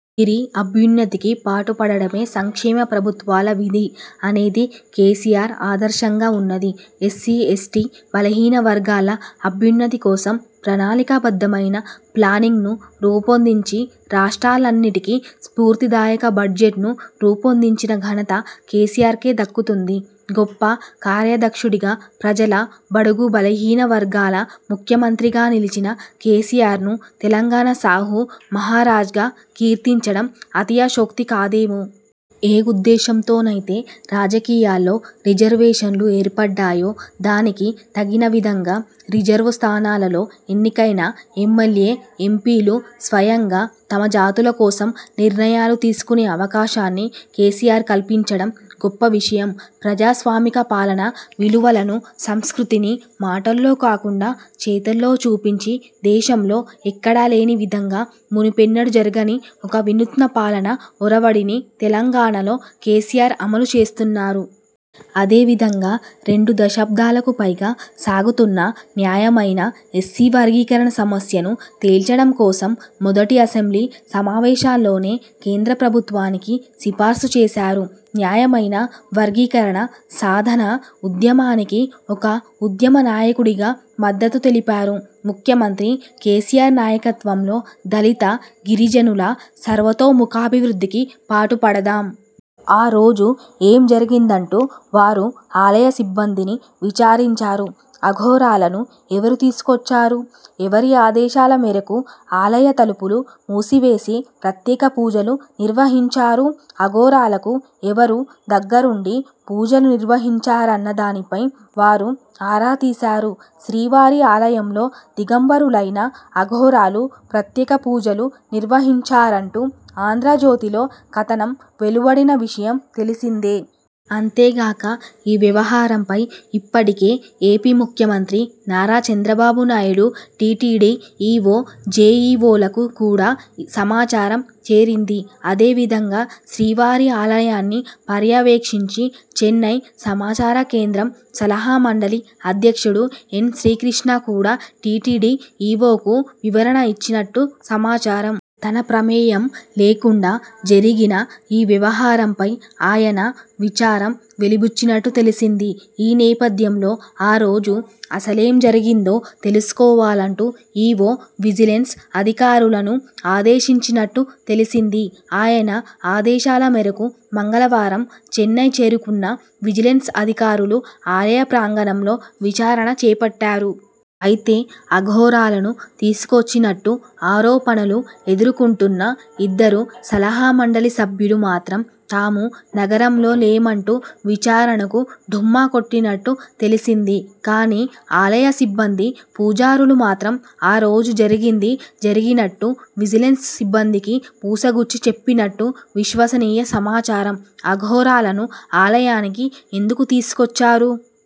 వీరి అభ్యున్నతికి పాటుపడటమే సంక్షేమ ప్రభుత్వాల విధి అనేది కేసీఆర్ ఆదర్శంగా ఉన్నది. ఎస్సీ, ఎస్టీ, బలహీన వర్గాల అభ్యున్నతి కోసం ప్రణాళికాబద్ధమైన ప్లానింగ్ను రూపొందించి రాష్ట్రాలన్నిటికీ స్ఫూర్తిదాయక బడ్జెట్ను రూపొందించిన ఘనత కేసీఆర్కే దక్కుతుంది. గొప్ప కార్యదక్షుడిగా, ప్రజల, బడుగు, బలహీన వర్గాల ముఖ్యమంత్రిగా నిలిచిన కేసీఆర్ను తెలంగాణ సాహు మహారాజ్గా కీర్తించడం అతిశయోక్తి కాదేమో. ఏ ఉద్దేశంతోనైతే రాజకీయాల్లో రిజర్వేషన్లు ఏర్పడ్డాయో, దానికి తగినవిధంగా రిజర్వు స్థానాల్లో ఎన్నికైన ఎమ్మెల్యే, ఎంపీలు స్వయంగా తమ జాతుల కోసం నిర్ణయాలు తీసుకునే అవకాశాన్ని కేసీఆర్ కల్పించడం గొప్ప విషయం. ప్రజాస్వామిక పాలనా విలువలను, సంస్కృతిని మాటల్లో కాకుండా చేతల్లో చూపించి, దేశంలో ఎక్కడలేని విధంగా, మునుపెన్నడూ జరుగని ఒక వినూత్న పాలనా ఒరవడిని తెలంగాణలో కేసీఆర్ అమలు చేస్తున్నారు. అదే విధంగా రెండు దశాబ్దాలకు పైగా సాగుతున్న న్యాయమైన ఎస్సీ వర్గీకరణ సమస్యను తేల్చడం కోసం మొదటి అసెంబ్లీ సమావేశాల్లోనే కేంద్ర ప్రభుత్వానికి సిఫార్సు చేశారు. న్యాయమైన వర్గీకరణ సాధన ఉద్యమానికి ఒక ఉద్యమ నాయకుడుగా మద్దతు తెలిపారు. ముఖ్యమంత్రి కేసీఆర్ నాయకత్వంలో దళిత, గిరిజనుల సర్వతోముఖాభివృద్ధికి పాటుపడదాం. ఆ రోజు ఏం జరిగిందంటూ వారు ఆలయ సిబ్బందిని విచారించారు. అఘోరాలను ఎవరు తీసుకొచ్చారు? ఎవరి ఆదేశాల మేరకు ఆలయ తలుపులు మూసివేసి ప్రత్యేక పూజలు నిర్వహించారు? అఘోరాలకు ఎవరు దగ్గరుండి పూజలు నిర్వహించారన్నదానిపై వారు ఆరా తీశారు. శ్రీవారి ఆలయంలో దిగంబరులైన అఘోరాలు ప్రత్యేక పూజలు నిర్వహించారంటూ 'ఆంధ్రజ్యోతి'లో కథనం వెలువడిన విషయం తెలిసిందే. అంతేగాక ఈ వ్యవహారంపై ఇప్పటికే ఏపీ ముఖ్యమంత్రి నారా చంద్రబాబునాయుడు, టీటీడీ ఈవో, జేఈవోలకు కూడా సమాచారం చేరింది. అదే విధంగా శ్రీవారి ఆలయాన్ని పర్యవేక్షించే చెన్నై సమాచారకేంద్ర సలహా మండలి అధ్యక్షుడు ఎన్. శ్రీకృష్ణ కూడా టీటీడీ ఈవోకు వివరణ ఇచ్చి నట్టు సమాచారం. తన ప్రమేయం లేకుండా జరిగిన ఈ వ్యవహారంపై ఆయన విచారం వెలిబుచ్చినట్టు తెలిసింది. ఈ నేపథ్యంలో ఆరోజు అసలేం జరిగిందో తెలుసుకోవాలంటూ ఈవో విజిలెన్స్ అదికారులను ఆదేశించినట్టు తెలిసింది. ఆయన ఆదేశాల మేరకు మంగళవారం చెన్నై చేరుకున్న విజిలెన్స్ అధికారులు ఆలయ ప్రాంగణంలో విచారణ చేపట్టారు. అయితే అఘోరాలను తీసుకొచ్చినట్టు ఆరోపణలు ఎదుర్కొంటున్న ఇద్దరు సలహామండలి సభ్యులు మాత్రం తాము నగరంలో లేమంటూ విచారణకు డుమ్మా కొట్టినట్టు తెలిసింది. కానీ ఆలయ సిబ్బంది, పూజారులు మాత్రం ఆరోజు జరిగింది జరిగినట్టు విజిలెన్స్ సిబ్బందికి పూసగుచ్చి చెప్పినట్టు విశ్వసనీయ సమాచారం. అఘోరాలను ఆలయానికి ఎందుకు తీసుకొచ్చారు?